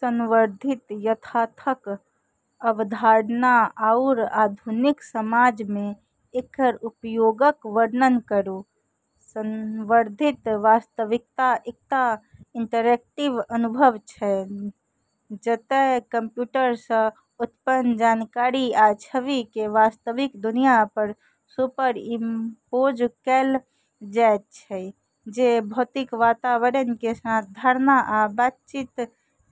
संवर्धित यथार्थक अवधारणा आऔर आधुनिक समाज मे एकर उपयोगक वर्णन करु: संवर्धित वास्तविकता एकटा इंटरैक्टिव अनुभव छै जतय कंप्यूटर सं उत्पन्न जानकारी या छवि के वास्तविक दुनिया पर सुपरइम्पोज कैल जायत छै, जे भौतिक वातावरण के साथ धारणा आ बातचीत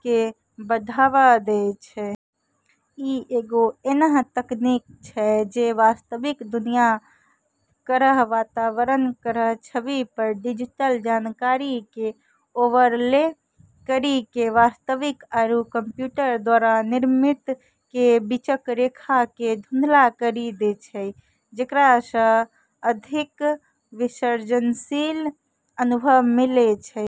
के बढ़ावा दै छै। ई एगो ऐन्हऽ तकनीक छै जे वास्तविक दुनिया केरऽ वातावरण केरऽ छवि पर डिजिटल जानकारी के ओवरले करी कऽ वास्तविक आरू कंप्यूटर द्वारा निर्मित के बीचक रेखा के धुंधला करी दै छै, जेकरा सऽ अधिक विसर्जनशील अनुभव मिलै छै।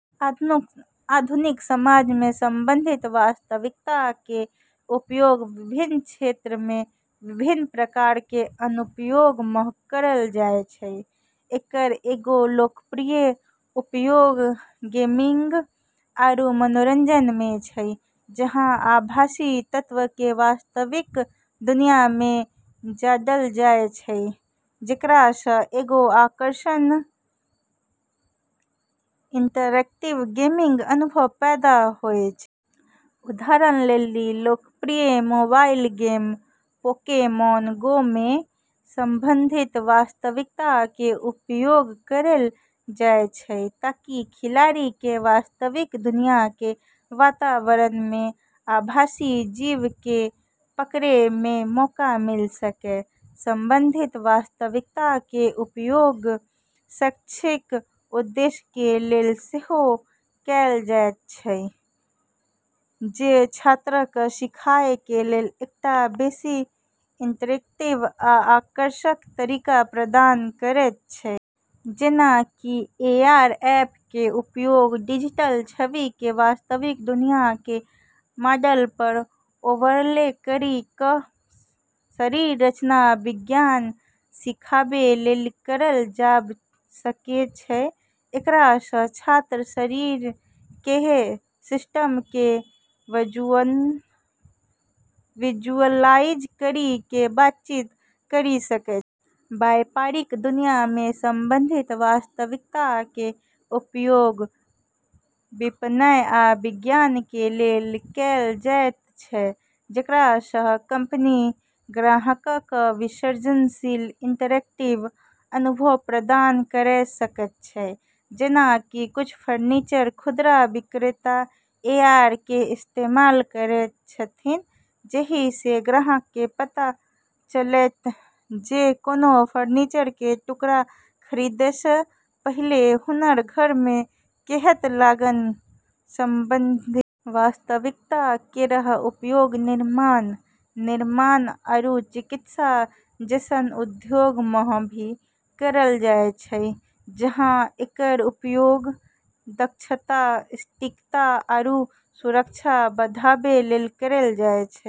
आधुनिक समाज मे संवर्धित वास्तविकता के उपयोग विभिन्न क्षेत्रऽ मे विभिन्न प्रकार के अनुप्रयोगऽ मे करलऽ जाय छै। एकरऽ एगो लोकप्रिय उपयोग गेमिंग आरू मनोरंजन मे छै, जहाँ आभासी तत्व के वास्तविक दुनिया मे जोड़लऽ जाय छै, जेकरा सऽ एगो आकर्षक, इंटरैक्टिव गेमिंग अनुभव पैदा होय छै। उदाहरण लेली, लोकप्रिय मोबाइल गेम पोकेमॉन गो मे संवर्धित वास्तविकता के उपयोग करलऽ जाय छै ताकि खिलाड़ी के वास्तविक दुनिया के वातावरण मऽ आभासी जीव के पकड़ै के मौका मिल सकै। संवर्धित वास्तविकता के उपयोग शैक्षिक उद्देश्यक के लेल सेहो कैल जायत छै, जे छात्रक सीखय के लेल एकटा बेसि इंटरैक्टिव आ आकर्षक तरीका प्रदान करयत छै। जेना कि एआर ऐप के उपयोग डिजिटल छवि के वास्तविक दुनिया के मॉडल पर ओवरले करी कऽ शरीर रचना विज्ञान सिखाबै लेली करलऽ जाब सकै छै, जेकरा सऽ छात्र शरीर केरऽ सिस्टम के विजुअलाइज करी कऽ बातचीत करी सकै छै। व्यापारिक दुनिया मे संवर्धित वास्तविकता के उपयोग विपणन आ विज्ञापन के लेल कैल जायत छै, जेकरा सं कंपनी ग्राहकक विसर्जनशील, इंटरैक्टिव अनुभव प्रदान करय सकय छै। जेना कि किछ फर्नीचर खुदरा विक्रेता एआर के इस्तेमाल करैत छथिन्ह जेहि सं ग्राहक के पता चलय जे कोनो फर्नीचर के टुकड़ा खरीदय सऽ पहिने हुनकर घर मे केहन लागत ।संवर्धित वास्तविकता केरऽ उपयोग निर्माण, निर्माण, आरू चिकित्सा जैसनऽ उद्योगऽ मऽ भी करलऽ जाय छै, जहां एकरऽ उपयोग दक्षता, सटीकता, आरू सुरक्षा बढ़ाबै लेली करलऽ जाय छै।